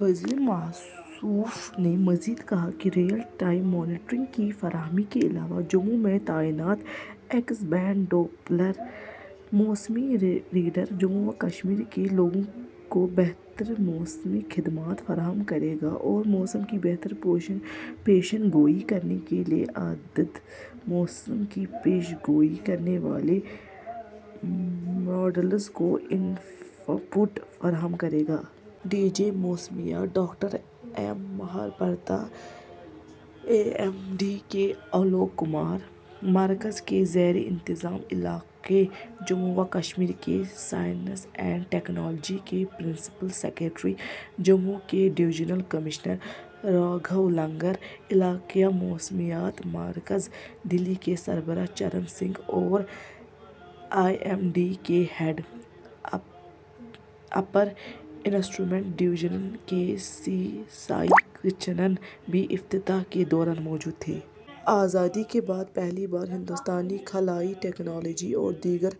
وزیر موصوف نے مزید کہا کہ ریئل ٹائم مانیٹرنگ کی فراہمی کے علاوہ، جموں میں تعینات ایکس بینڈ ڈوپلر موسمی ریڈار جموں و کشمیر کے لوگوں کو بہتر موسمی خدمات فراہم کرے گا اور موسم کی بہتر پیش گوئی کرنے کے لیے عددی موسم کی پیش گوئی کرنے والے ماڈلز کو اِن پٹ فراہم کرے گا۔ ڈی جی موسمیات doctor M Mohapatra, I M D کے آلوک کمار، مرکز کے زیر انتظام علاقے جموں و کشمیر کے سائنس اینڈ ٹیکنالوجی کے پرنسپل سکریٹری، جموں کے ڈویژنل کمشنر راگھو لنگر، علاقائی موسمیاتی مرکز، دہلی کے سربراہ چرن سنگھ اور آئی ایم ڈی کے ہیڈ اپر انسٹرومنٹ ڈویژن کے سی سائی کرشنن بھی افتتاح کے دوران موجود تھے۔ آزادی کے بعد پہلی بار ہندوستانی خلائی ٹیکنالوجی اور دیگر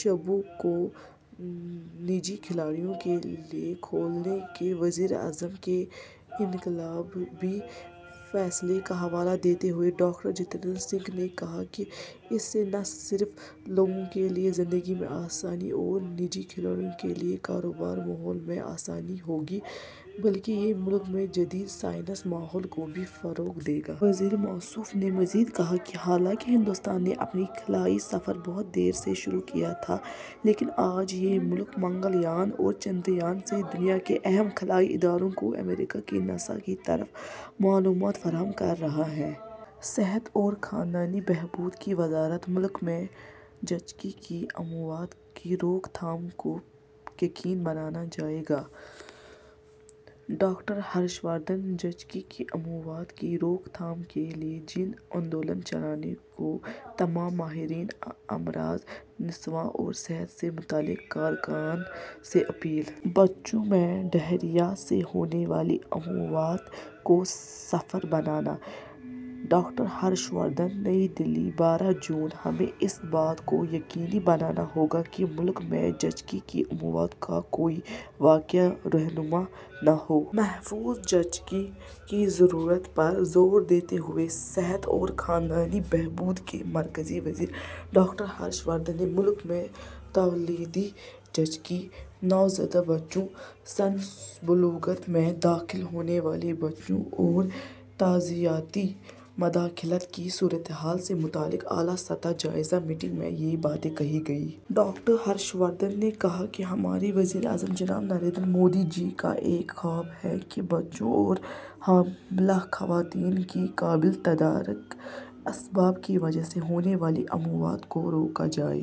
شعبوں کو نجی کھلاڑیوں کے لیے کھولنے کے وزیراعظم کے انقلابی فیصلے کا حوالہ دیتے ہوئے، ڈاکٹر جتیندر سنگھ نے کہا کہ اس سے نہ صرف لوگوں کے لیے زندگی میں آسانی اور نجی کھلاڑیوں کے لیے کاروباری ماحول میں آسانی ہوگی، بلکہ یہ ملک میں جدید سائنسی ماحول کو بھی فروغ دے گا۔ وزیر موصوف نے مزید کہا کہ حالانکہ ہندوستان نے اپنا خلائی سفر بہت دیر سے شروع کیا تھا، لیکن آج یہ ملک منگل یان اور چندریان سے دنیا کے اہم خلائی اداروں کو، امریکہ کے ناسا کی طرح، معلومات فراہم کر رہا ہے۔ صحت اور خاندانی بہبود کی وزارت ملک میں زچگی کی اموات کی روک تھام کو یقینی بنایا جائے گا: ڈاکٹر ہرش وردھن۔ زچگی کی اموات کی روک تھام کے لیے جن آندولن چلانے کو تمام ماہرینِ امراضِ نسواں اور صحت سے متعلق کارکنان سے اپیل۔ بچوں میں ڈائریا سے ہونے والی اموات کو صفر بنانا: ڈاکٹر ہرش وردھن۔ نئی دہلی، بارہ جون۔ ہمیں اس بات کو یقینی بنانا ہوگا کہ ملک میں زچگی کی اموات کا کوئی واقعہ رونما نہ ہو۔ محفوظ زچگی کی ضرورت پر زور دیتے ہوئے صحت اور خاندانی بہبود کے مرکزی وزیر ڈاکٹر ہرش وردھن نے ملک میں تولیدی، زچگی، نوزائیدہ بچوں، سنِ بلوغت میں داخل ہونے والے بچوں اور تغذیاتی مداخلت کی صورتحال سے متعلق اعلیٰ سطحی جائزہ میٹنگ میں یہ باتیں کہی ہیں۔ ڈاکٹر ہرش وردھن نے کہا کہ ہمارے وزیراعظم جناب نریندر مودی جی کا ایک خواب ہے کہ بچوں اور حاملہ خواتین کی قابلِ تدارک اسباب کی وجہ سے ہونے والی اموات کو روکا جائے۔